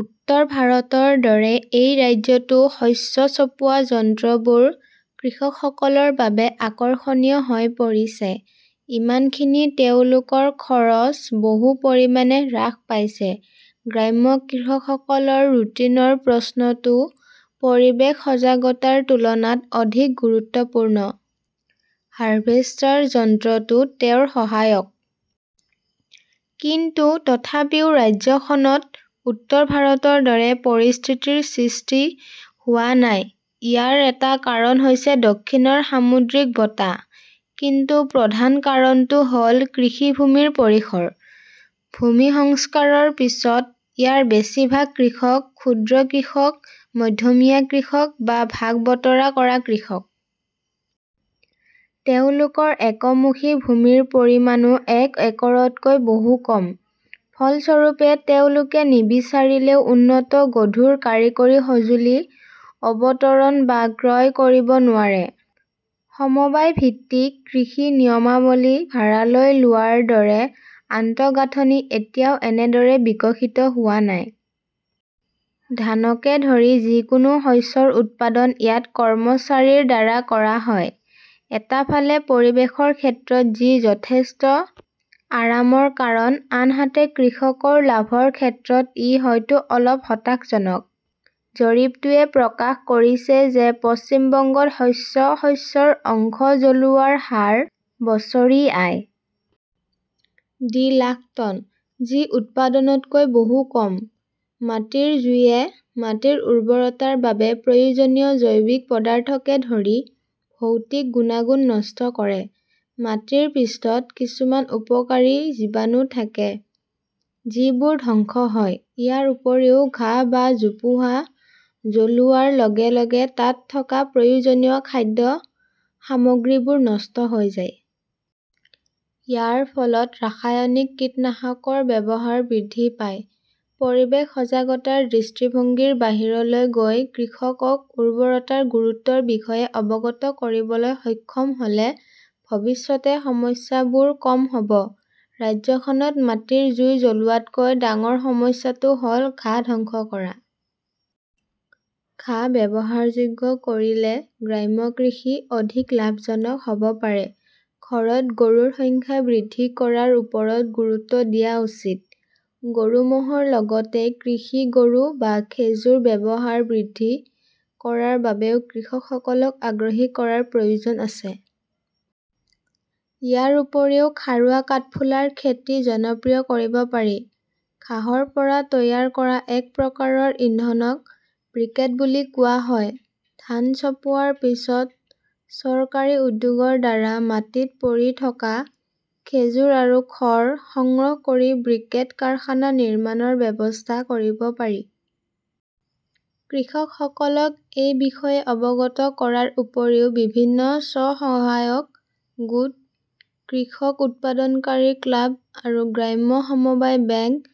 উত্তৰ ভাৰতৰ দৰে এই ৰাজ্যতো শস্য চপোৱা যন্ত্ৰবোৰ কৃষকসকলৰ বাবে আকৰ্ষণীয় হৈ পৰিছে। ইমানখিনি তেওঁলোকৰ খৰচ বহু পৰিমাণে হ্ৰাস পাইছে। গ্ৰাম্য কৃষকসকলৰ ৰুটিনৰ প্ৰশ্নটো পৰিৱেশ সজাগতাৰ তুলনাত অধিক গুৰুত্বপূৰ্ণ। হাৰভেষ্টাৰ যন্ত্ৰটো তেওঁৰ সহায়ক। কিন্তু তথাপিও ৰাজ্যখনত উত্তৰ ভাৰতৰ দৰে পৰিস্থিতিৰ সৃষ্টি হোৱা নাই, ইয়াৰ এটা কাৰণ হৈছে দক্ষিণৰ সামুদ্ৰিক বতাহ। কিন্তু প্ৰধান কাৰণটো হ'ল কৃষিভূমিৰ পৰিসৰ। ভূমি সংস্কাৰৰ পিছত, ইয়াৰ বেছিভাগ কৃষক ক্ষুদ্ৰ কৃষক, মধ্যমীয়া কৃষক বা ভাগ-বতৰা কৰা কৃষক। তেওঁলোকৰ একমুখী ভূমিৰ পৰিমাণও এক একৰতকৈ বহু কম। ফলস্বৰূপে, তেওঁলোকে নিবিচাৰিলেও উন্নত গধুৰ কাৰিকৰী সঁজুলি অৱতৰণ বা ক্ৰয় কৰিব নোৱাৰে। সমবায় ভিত্তিক কৃষি নিয়মাৱলী ভাড়ালৈ লোৱাৰ দৰে আন্তঃগাঁথনি এতিয়াও এনেদৰে বিকশিত হোৱা নাই। ধানকে ধৰি যিকোনো শস্যৰ উৎপাদন ইয়াত কৰ্মচাৰীৰ দ্বাৰা কৰা হয়। এটা ফালে পৰিৱেশৰ ক্ষেত্ৰত যি যথেষ্ট আৰামৰ কাৰণ, আনহাতে কৃষকৰ লাভৰ ক্ষেত্ৰত ই হয়তো অলপ হতাশাজনক। জৰীপটোৱে প্ৰকাশ কৰিছে যে পশ্চিম বংগত শস্য শস্যৰ অংশ জ্বলোৱাৰ হাৰ বছৰি আই. ডি. লাখ টন, যি উৎপাদনতকৈ বহু কম। মাটিৰ জুইয়ে মাটিৰ উৰ্বৰতাৰ বাবে প্ৰয়োজনীয় জৈৱিক পদাৰ্থকে ধৰি ভৌতিক গুণাগুণ নষ্ট কৰে। মাটিৰ পৃষ্ঠত কিছুমান উপকাৰী জীৱাণু থাকে যিবোৰ ধ্বংস হয়। ইয়াৰ উপৰিও ঘাঁহ বা জোপোহা জ্বলোৱাৰ লগে লগে তাত থকা প্ৰয়োজনীয় খাদ্য সামগ্ৰীবোৰ নষ্ট হৈ যায়। ইয়াৰ ফলত ৰাসায়নিক কীটনাশকৰ ব্যৱহাৰ বৃদ্ধি পায়। পৰিৱেশ সজাগতাৰ দৃষ্টিভংগীৰ বাহিৰলৈ গৈ কৃষকক উৰ্বৰতাৰ গুৰুত্বৰ বিষয়ে অৱগত কৰিবলৈ সক্ষম হ 'লে ভৱিষ্যতে সমস্যাবোৰ কম হ'ব। ৰাজ্যখনত মাটিৰ জুই জ্বলোৱাতকৈ ডাঙৰ সমস্যাটো হ'ল ঘাঁহ ধ্বংস কৰা। ঘাঁহ ব্যৱহাৰযোগ্য কৰিলে গ্ৰাম্য কৃষি অধিক লাভজনক হ'ব পাৰে। ঘৰত গৰুৰ সংখ্যা বৃদ্ধি কৰাৰ ওপৰত গুৰুত্ব দিয়া উচিত। গৰু-ম'হৰ লগতে কৃষি, গৰু বা খেজুৰ ব্যৱহাৰ বৃদ্ধি কৰাৰ বাবেও কৃষকসকলক আগ্ৰহী কৰাৰ প্ৰয়োজন আছে। ইয়াৰ উপৰিও খাৰুৱা কাঠফুলাৰ খেতি জনপ্ৰিয় কৰিব পাৰি। ঘাঁহৰ পৰা তৈয়াৰ কৰা এক প্ৰকাৰৰ ইন্ধনক ব্ৰিকেট বুলি কোৱা হয়। ধান চপোৱাৰ পিছত চৰকাৰী উদ্যোগৰ দ্বাৰা মাটিত পৰি থকা খেজুৰ আৰু খড় সংগ্ৰহ কৰি ব্ৰিকেট কাৰখানা নিৰ্মাণৰ ব্যৱস্থা কৰিব পাৰি। কৃষকসকলক এই বিষয়ে অৱগত কৰাৰ উপৰিও বিভিন্ন স্ব-সহায়ক গোট, কৃষক উৎপাদনকাৰী ক্লাব আৰু গ্ৰাম্য সমবায় bank,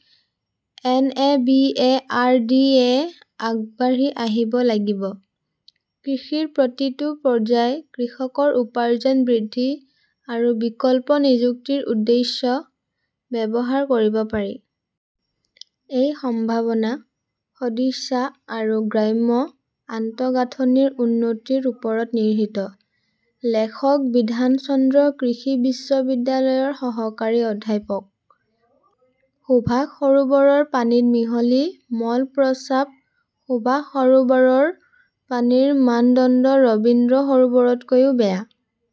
N. A. B. A. R. ডি.-য়ে আগবাঢ়ি আহিব লাগিব। কৃষিৰ প্ৰতিটো পৰ্যায় কৃষকৰ উপাৰ্জন বৃদ্ধি আৰু বিকল্প নিযুক্তিৰ উদ্দেশ্যে ব্যৱহাৰ কৰিব পাৰি। এই সম্ভাৱনা সদিচ্ছা আৰু গ্ৰাম্য আন্তঃগাঁথনিৰ উন্নতিৰ ওপৰত নিহিত। লেখকঃ বিধান চন্দ্ৰ কৃষি বিশ্ববিদ্যালয়ৰ সহকাৰী অধ্যাপক। সুভাষ সৰোবৰৰ পানীত মিহলি মল-প্ৰস্ৰাৱ সুভাষ সৰোবৰৰ পানীৰ মানদণ্ড ৰবীন্দ্ৰ সৰোবৰতকৈও বেয়া।